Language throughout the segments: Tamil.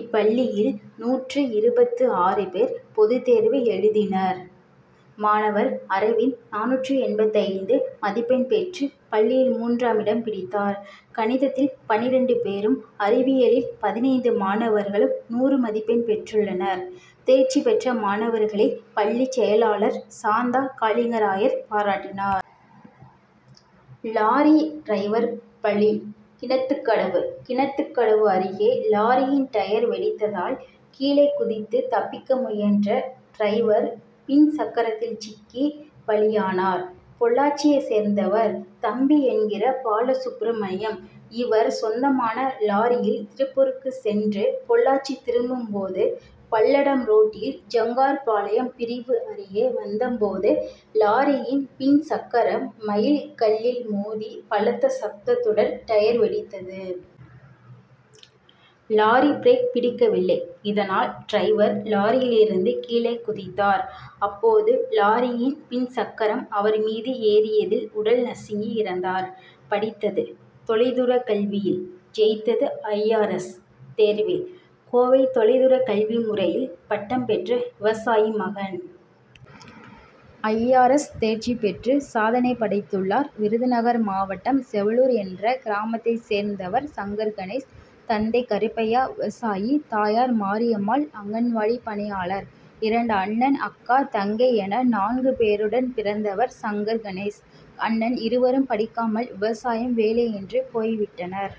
இப்பள்ளியில், நூற்று இருபத்து ஆறு பேர் பொதுத்தேர்வு எழுதினர். மாணவர் அரவிந்த் நானூற்று எண்பத்து ஐந்து மதிப்பெண் பெற்று பள்ளியில் மூன்றாமிடம் பிடித்தார். கணிதத்தில் பன்னிரண்டு பேரும், அறிவியலில் பதினைந்து மாணவர்களும் நூறு மதிப்பெண் பெற்றுள்ளனர். தேர்ச்சி பெற்ற மாணவர்களை, பள்ளி செயலாளர் சாந்தா காளிங்கராயர் பாராட்டினார். லாரி டிரைவர் பலி கிணத்துக்கடவு கிணத்துக்கடவு அருகே லாரியின் டயர் வெடித்ததால், கீழே குதித்து தப்பிக்க முயன்ற டிரைவர் பின் சக்கரத்தில் சிக்கி பலியானார். பொள்ளாச்சியை சேர்ந்தவர் தம்பி என்கிற பால சுப்பிரமணியம்; இவர், சொந்தமான லாரியில் திருப்பூருக்கு சென்று பொள் ளாச்சி திரும்பும் போது பல்லடம் ரோட்டில் ஜக் கார்பாளையம் பிரிவு அருகே வந்த போது, லாரி யின் பின் சக்கரம் மைல் கல்லில் மோதி பலத்த சப்தத்துடன் டயர்' வெடித்தது. லாரி பிரேக் பிடிக்கவில்லை. இதனால் டிரைவர் லாரி யிலிருந்து கீழே குதித்தார். அப்போது லாரியின் பின் சக்கரம் அவர் மீது ஏறிய தில் உடல் நசுங்கி இறந்தார். படித்தது தொலைதூரக்கல்வியில்; ஜெயித்தது ஐ. ஆர். எஸ்., தேர்வில்! கோவை தொலை தூரக் கல்வி முறையில் பட்டம் பெற்ற விவசாயி மகன்,. ஐ.ஆர். எஸ்., தேர்ச்சி பெற்று சாதனை படைத்துள்ளார். விருதுநகர் மாவட்டம் செவலூர் என்ற கிராமத்தைச் சேர்ந்தவர் சங்கர் கணேஷ். தந்தை கருப்பையா, விவசாயி; தாயார் மாரியம்மாள், அங்கன்வாடிப் பணியாளர். இரண்டு அண்ணன், அக்கா, தங்கை என நான்கு பேருடன் பிறந்தவர் சங்கர் கணேஷ். அண்ணன் இருவரும் படிக்காமல், விவசாயம், வேலை என்று போய் விட்டனர்.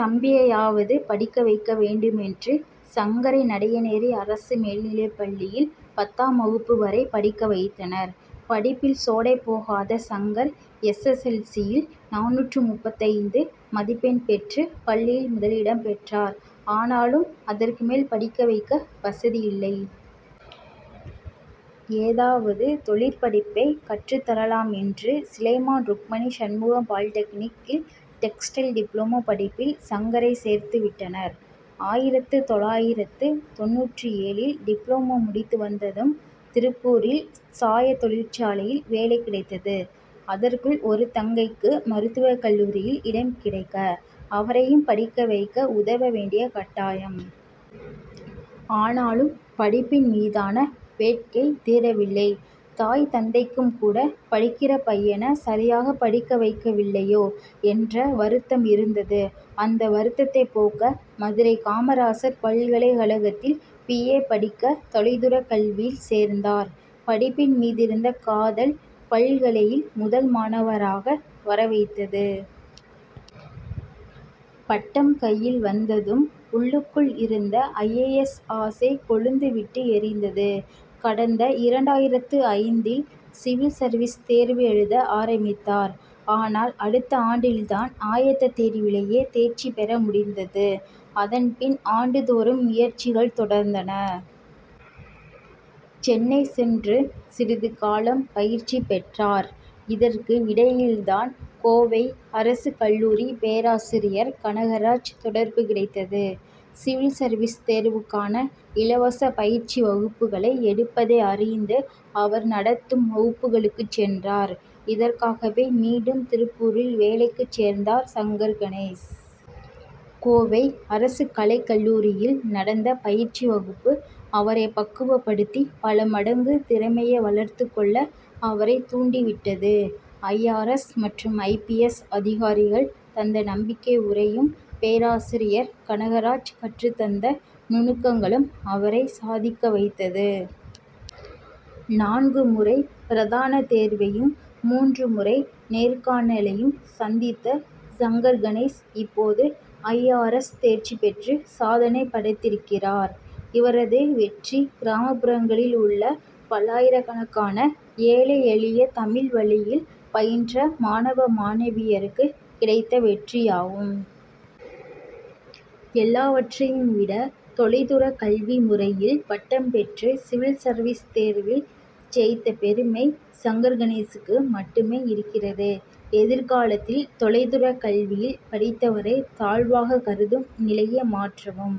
தம்பியையாவது படிக்க வைக்க வேண்டுமென்று, சங்கரை நடையநேரி அரசு மேல்நிலைப்பள்ளியில் பத்தாம் வகுப்பு வரை படிக்க வைத்தனர். படிப்பில் சோடை போகாத Shankar, S. S. L. C., யில் நானூற்று முப்பத்தைந்து மதிப்பெண் பெற்று, பள்ளியில் முதலிடம் பெற்றார். ஆனாலும், அதற்கு மேல் படிக்க வைக்க வசதியில்லை. ஏதாவது, தொழிற்படிப்பைக் கற்றுத்தரலாமென்று, சிலைமான் ருக்மணி சண்முகம் பாலிடெக்னிக் கில் டெக்ஸ்டைல் டிப்ளமோ படிப்பில் சங்கரை சேர்த்து விட்டனர். ஆயிரத்து தொள்ளாயிரத்து தொண்ணூற்று ஏழு ல் டிப்ளமோ முடித்து வந்ததும், திருப்பூரில் சாயத் தொழிற்சாலையில் வேலை கிடைத்தது. அதற்குள் ஒரு தங்கைக்கு மருத்துவக்கல்லூரியில் இடம் கிடைக்க, அவரையும் படிக்க வைக்க உதவ வேண்டிய கட்டாயம். ஆனாலும், படிப்பின் மீதான வேட்கை தீரவில்லை. தாய், தந்தைக்கும் கூட, படிக்கிற பையனை சரியாகப் படிக்க வைக்கவில்லையோ' என்ற வருத்தம் இருந்தது. அந்த வருத்தத்தைப் போக்க, மதுரை காமராசர் பல்கலைக்கழகத்தில் பி. ஏ. படிக்க, தொலைதூரக் கல்வியில் சேர்ந்தார். படிப்பின் மீதிருந்த காதல், பல்கலையில் முதல் மாணவராக வரவைத்தது. பட்டம் கையில் வந்ததும், உள்ளுக்குள் இருந்த ஐ. ஏ. எஸ்., ஆசை கொழுந்து விட்டு எரிந்தது. கடந்த இரண்டாயிரத்து ஐந்து ல் சிவில் சர்வீஸ் தேர்வு எழுத ஆரம்பித்தார். ஆனால், அடுத்த ஆண்டில்தான் ஆயத்தத்தேர்விலேயே தேர்ச்சி பெற முடிந்தது. அதன் பின், ஆண்டுதோறும் முயற்சிகள் தொடர்ந்தன. சென்னை சென்று சிறிது காலம் பயிற்சி பெற்றார். இதற்கு இடையில்தான், கோவை அரசு கல்லூரி பேராசிரியர் கனகராஜ் தொடர்பு கிடைத்தது. சிவில் சர்வீஸ் தேர்வுக்கான இலவச பயிற்சி வகுப்புகளை எடுப்பதை அறிந்து, அவர் நடத்தும் வகுப்புகளுக்குச் சென்றார். இதற்காகவே, மீண்டும் திருப்பூரில் வேலைக்குச் சேர்ந்தார் சங்கர் கணேஷ். கோவை அரசு கலைக்கல்லூரியில் நடந்த பயிற்சி வகுப்பு, அவரை பக்குவப் படுத்தி, பல மடங்கு திறமையை வளர்த்துக் கொள்ள, அவரைத் தூண்டி விட்டது. ஐ. ஆர். எஸ்., மற்றும் ஐ. பி. எஸ்., அதிகாரிகள் தந்த நம்பிக்கை உரையும், பேராசிரியர் கனகராஜ் கற்றுத் தந்த நுணுக்கங்களும் அவரை சாதிக்க வைத்தது. நான்கு முறை பிரதான தேர்வையும், மூன்று முறை நேர்காணலையும் சந்தித்த சங்கர் கணேஷ், இப்போது ஐ. ஆர். எஸ்., தேர்ச்சி பெற்று சாதனை படைத்திருக்கிறார். இவரது வெற்றி, கிராமப் புறங்களில் உள்ள பல்லாயிரக்கணக்கான ஏழை எளிய, தமிழ் வழியில் பயின்ற மாணவ, மாணவியருக்குக் கிடைத்த வெற்றியாகும். எல்லாவற்றையும் விட, தொலை தூரக் கல்வி முறையில் பட்டம் பெற்று, சிவில் சர்வீஸ் தேர்வில் ஜெயித்த பெருமை, சங்கர் கணேஷ்க்கு மட்டுமே இருக்கிறது. எதிர்காலத்தில் தொலைதூரக் கல்வியில் படித்தவரை, தாழ்வாகக் கருதும் நிலையை மாற்றமும்